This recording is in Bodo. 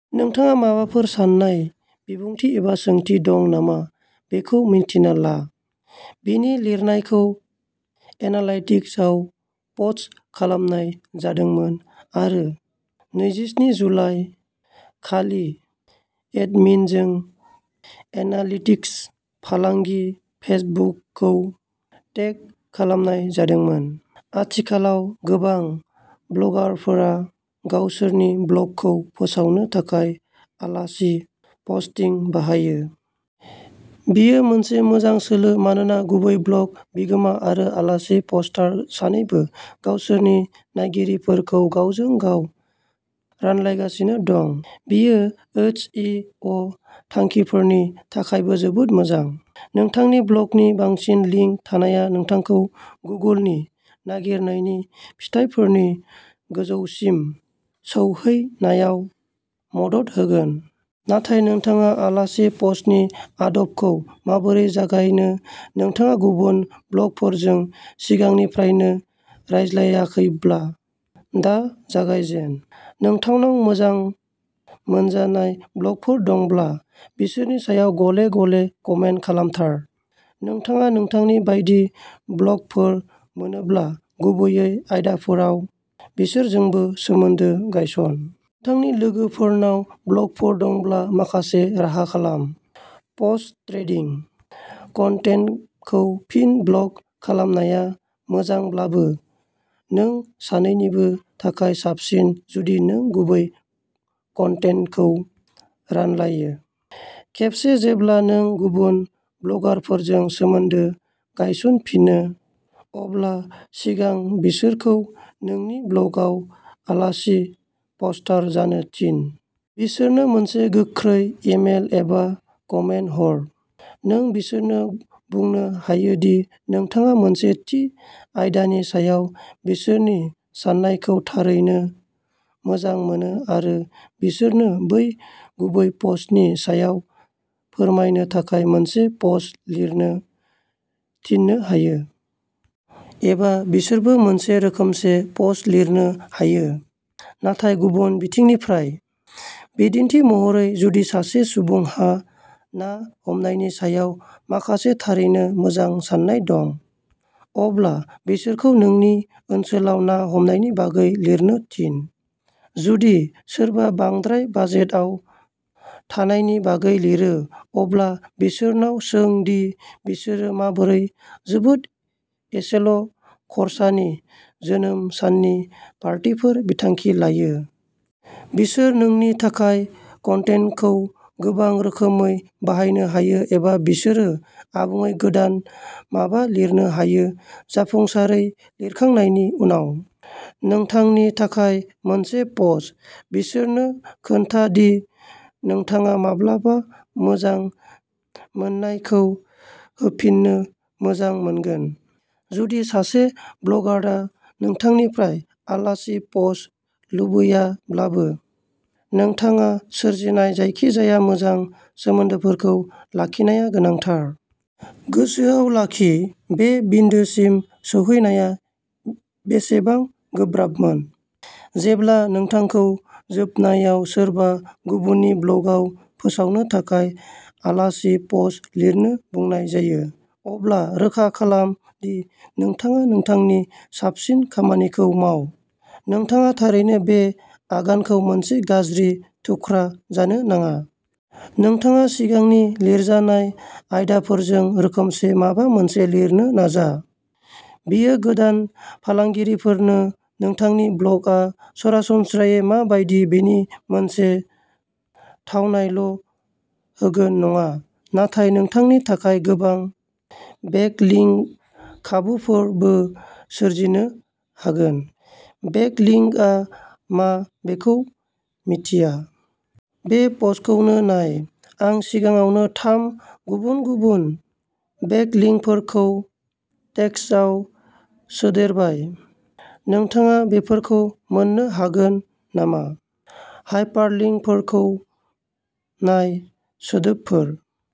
नोंथाङा माबाफोर साननाय, बिबुंथि एबा सोंथि दं नामा बेखौ मिन्थिना ला। बे लिरनायखौ एनालाइटिक्सआव पस्ट खालामनाय जादोंमोन आरो नैजिस्नि जुलाइ, खालि एडमिनजों एनालिटिक्स, फालांगि, फेसबुकखौ टेग खालामनाय जादोंमोन। आथिखालाव गोबां ब्लगारफोरा गावसोरनि ब्लगखौ फोसावनो थाखाय आलासि पस्टिं बाहायो। बेयो मोनसे मोजां सोलो मानोना गुबै ब्लग बिगोमा आरो आलासि पस्टार सानैबो गावसोरनि नायगिरिफोरखौ गावजों गाव रानलायगासिनो दं। बेयो एस इ अ थांखिफोरनि थाखायबो जोबोद मोजां। नोंथांनि ब्लगनि बांसिन लिंक थानाया नोंथांखौ गुगोलनि नागिरनायनि फिथायफोरनि गोजौसिम सौहैनायाव मदद होगोन। नाथाय नोंथाङा आलासि पस्टनि आदबखौ माबोरै जागायनो नोंथाङा गुबुन ब्लगफोरजों सिगांनिफ्रायनो रायज्लायाखैब्ला, दा जागायजेन। नोंथांनाव मोजां मोनजानाय ब्लगफोर दंब्ला, बिसोरनि सायाव गले-गले कमेन्ट खालामथार। नोंथाङा नोंथांनि बायदि ब्लगफोर मोनोब्ला, गुबैयै आयदाफोराव, बिसोरजोंबो सोमोन्दो गायसन। नोंथांनि लोगोफोरनाव ब्लगफोर दंब्ला, माखासे राहा खालाम। Post trading. कन्टेन्टखौ फिन ब्लग खालामनाया मोजांब्लाबो, नों सानैनिबो थाखाय साबसिन जुदि नों गुबै कन्टेन्टखौ रानलायो। खेबसे जेब्ला नों गुबुन ब्लगारफोरजों सोमोन्दो गायसनफिनो, अब्ला सिगां बिसोरखौ नोंनि ब्लगआव आलासि पस्टार जानो थिन। बिसोरनो मोनसे गोख्रै इमेल एबा कमेन्ट हर। नों बिसोरनो बुंनो हायो दि नोंथाङा मोनसे थि आयदानि सायाव बिसोरनि साननायखौ थारैनो मोजां मोनो आरो बिसोरनो बै गुबै पस्टनि सायाव फोरमायनो थाखाय मोनसे पस्ट लिरनो थिननो हायो। एबा बिसोरबो मोनसे रोखोमसे पस्ट लिरनो हायो, नाथाय गुबुन बिथिंनिफ्राय। बिदिन्थि महरै, जुदि सासे सुबुंहा ना हमनायनि सायाव माखासे थारैनो मोजां सान्नाय दं, अब्ला बिसोरखौ नोंनि ओनसोलाव ना हमनायनि बागै लिरनो थिन। जुदि सोरबा बांद्राय बाजेटाव थानायनि बागै लिरो, अब्ला बिसोरनाव सों दि बिसोरो माबोरै जोबोद एसेल'खरसानि जोनोम साननि पार्टिफोर बिथांखि लायो। बिसोर नोंनि थाखाय कन्टेन्टखौ गोबां रोखोमै बाहायनो हायो एबा बिसोरो आबुङै गोदान माबा लिरनो हायो जाफुंसारै लिरखांनायनि उनाव। नोंथांनि थाखाय मोनसे पस्ट, बिसोरनो खोन्था दि नोंथाङा माब्लाबा मोजां मोननायखौ होफिननो मोजां मोनगोन। जुदि सासे ब्लगारआ नोंथांनिफ्राय आलासि पस्ट लुबैयाब्लाबो, नोंथाङा सोरजिनाय जायखिजाया मोजां सोमोन्दोफोरखौ लाखिनाया गोनांथार। गोसोआव लाखि बे बिन्दोसिम सौहैनाया बेसेबां गोब्राबमोन? जेब्ला नोंथांखौ जोबनायाव सोरबा गुबुननि ब्लगआव फोसावनो थाखाय आलासि पस्ट लिरनो बुंनाय जायो, अब्ला रोखा खालाम दि नोंथाङा नोंथांनि साबसिन खामानिखौ माव। नोंथाङा थारैनो बे आगानखौ मोनसे गाज्रि थुख्रा जानो नाङा। नोंथाङा सिगांनि लिरजानाय आयदाफोरजों रोखोमसे माबा मोनसे लिरनो नाजा। बेयो गोदान फरायगिरिफोरनो नोंथांनि ब्लगआ सरासनस्रायै मा बायदि बेनि मोनसे थावनायल' होगोन नङा, नाथाय नोंथांनि थाखाय गोबां बेकलिङ्क खाबुफोरबो सोरजिनो हागोन। बेकलिङ्किंआ मा बेखौ मिन्थिया। बे पस्टखौनो नाय। आं सिगाङावनो थाम गुबुन-गुबुन बेकलिङ्कफोरखौ टेक्सटआव सोदेरबाय। नोंथाङा बेफोरखौ मोन्नो हागोन नामा हाइपारलिङ्कफोरखौ नाय सोदोबफोर।